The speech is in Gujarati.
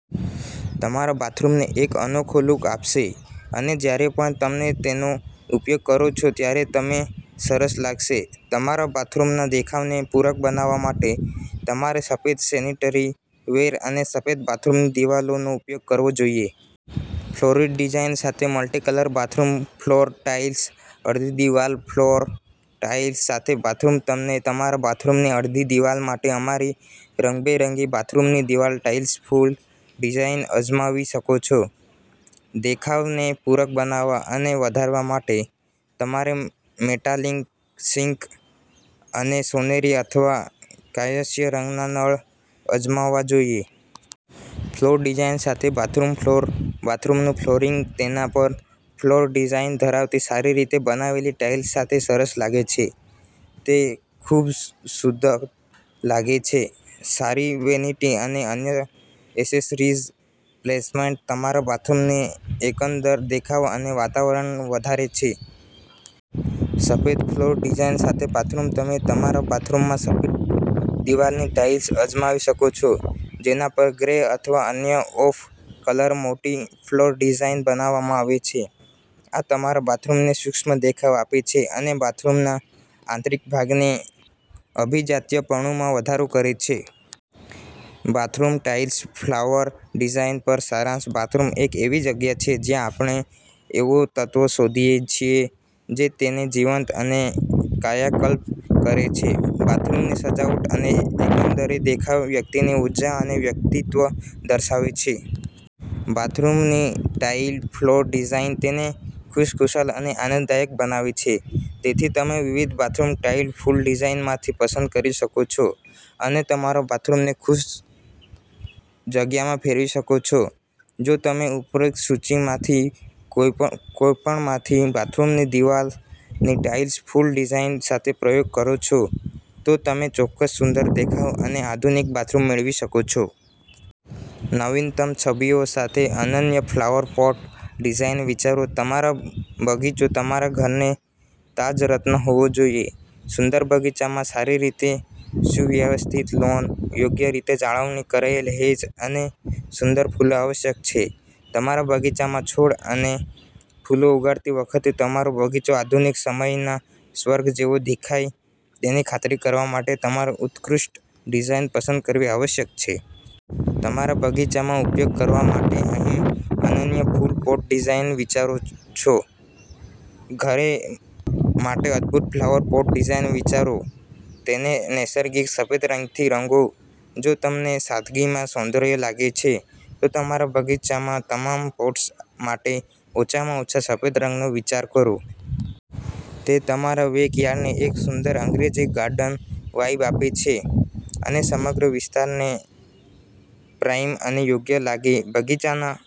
તમારા બાથરૂમને એક અનોખો લુક આપશે અને જ્યારે પણ તમે તેનો ઉપયોગ કરો છો ત્યારે તમે સરસ લાગશે. તમારા બાથરૂમના દેખાવને પૂરક બનાવવા માટે, તમારે સફેદ સેનિટરી વેર અને સફેદ બાથરૂમની દિવાલોનો ઉપયોગ કરવો જોઈએ. ફ્લોરીલ ડિઝાઇન સાથે મલ્ટી-કલર બાથરૂમ ફ્લોર ટાઇલ્સ અડધી દિવાલ ફ્લોર ટાઇલ્સ સાથે બાથરૂમ તમને તમારા બાથરૂમની અડધી દિવાલ માટે અમારી રંગબેરંગી બાથરૂમની દિવાલ ટાઇલ્સ ફૂલ ડિઝાઇન અજમાવી શકો છો. દેખાવને પૂરક બનાવવા અને વધારવા માટે, તમારે મેટાલિક સિંક અને સોનેરી અથવા ક્યાંયસ્ય રંગના નળ અજમાવવા જોઈએ. ફ્લોર ડિઝાઇન સાથે બાથરૂમ ફ્લોર બાથરૂમનું ફ્લોરિંગ તેના પર ફ્લોર ડિઝાઇન ધરાવતી સારી રીતે બનાવેલી ટાઇલ્સ સાથે સરસ લાગે છે. તે ખૂબ શુદ્ધ લાગે છે. સારી વેનિટી અને અન્ય એસેસરીઝ પ્લેસમેન્ટ તમારા બાથરૂમને એકંદર દેખાવ અને વાતાવરણને વધારે છે. સફેદ ફ્લોરલ ડિઝાઇન સાથે બાથરૂમ તમે તમારા બાથરૂમમાં સફેદ દિવાલની ટાઇલ્સ અજમાવી શકો છો, જેના પર ગ્રે અથવા અન્ય ઑફ કલર મોટી ફ્લોર ડિઝાઇન બનાવવામાં આવે છે. આ તમારા બાથરૂમને સૂક્ષ્મ દેખાવ આપે છે અને બાથરૂમના આંતરિક ભાગને અભિજાત્યપણુમાં વધારો કરે છે. બાથરૂમ ટાઇલ્સ ફ્લાવર ડિઝાઇન પર સારાંશ બાથરૂમ એક એવી જગ્યા છે જ્યાં આપણે એવો તત્વો શોધીએ છીએ જે તેને જીવંત અને કાયાકલ્પ કરે છે. બાથરૂમની સજાવટ અને એકંદરે દેખાવ વ્યક્તિની ઊર્જા અને વ્યક્તિત્વ દર્શાવે છે. બાથરૂમની ટાઇલ ફ્લોર ડિઝાઇન તેને ખુશખુશાલ અને આનંદદાયક બનાવે છે. તેથી, તમે વિવિધ બાથરૂમ ટાઇલ ફૂલ ડિઝાઇનમાંથી પસંદ કરી શકો છો અને તમારો બાથરૂમને ખુશ જગ્યામાં ફેરવી શકો છો. જો તમે ઉપરોક્ત સૂચિમાંથી કોઈપણ કોઈપણમાંથી બાથરૂમની દિવાલની ટાઇલ્સન ફૂલ ડિઝાઇન સાથે પ્રયોગ કરો છો, તો તમે ચોક્કસ સુંદર દેખાવ સાથે આધુનિક બાથરૂમ મેળવી શકશો. નવીનતમ છબીઓ સાથે અનન્ય ફ્લાવર પોટ ડિઝાઇન વિચારો તમારો બગીચો તમારા ઘરને તાજ રત્ન હોવો જોઈએ. સુંદર બગીચામાં સારી રીતે સુવ્યવસ્થિત લૉન, યોગ્ય રીતે જાળવણી કરાયેલ હેજ અને સુંદર ફૂલો આવશ્યક છે. તમારા બગીચામાં છોડ અને ફૂલો ઉગાડતી વખતે, તમારો બગીચો આધુનિક સમયના સ્વર્ગ જેવો દેખાય તેની ખાતરી કરવા માટે તમારે ઉત્કૃષ્ટ ડિઝાઇન પસંદ કરવી આવશ્યક છે. તમારા બગીચામાં ઉપયોગ કરવા માટે અહીં અનન્ય ફૂલ પોટ ડિઝાઇન વિચારો છો. ઘરે માટે અદભૂત ફ્લાવર પોટ ડિઝાઇન વિચારો તેને નૈસર્ગિક સફેદ રંગથી રંગો જો તમને સાદગીમાં સૌંદર્ય લાગે છે, તો તમારા બગીચામાં તમામ પોટ્સ માટે ઓછામાં ઓછા સફેદ રંગનો વિચાર કરો. તે તમારા બેકયાર્ડને એક સુંદર અંગ્રેજી ગાર્ડન વાઇબ આપે છે અને સમગ્ર વિસ્તારને પ્રાઇમ અને યોગ્ય લાગે બગીચાના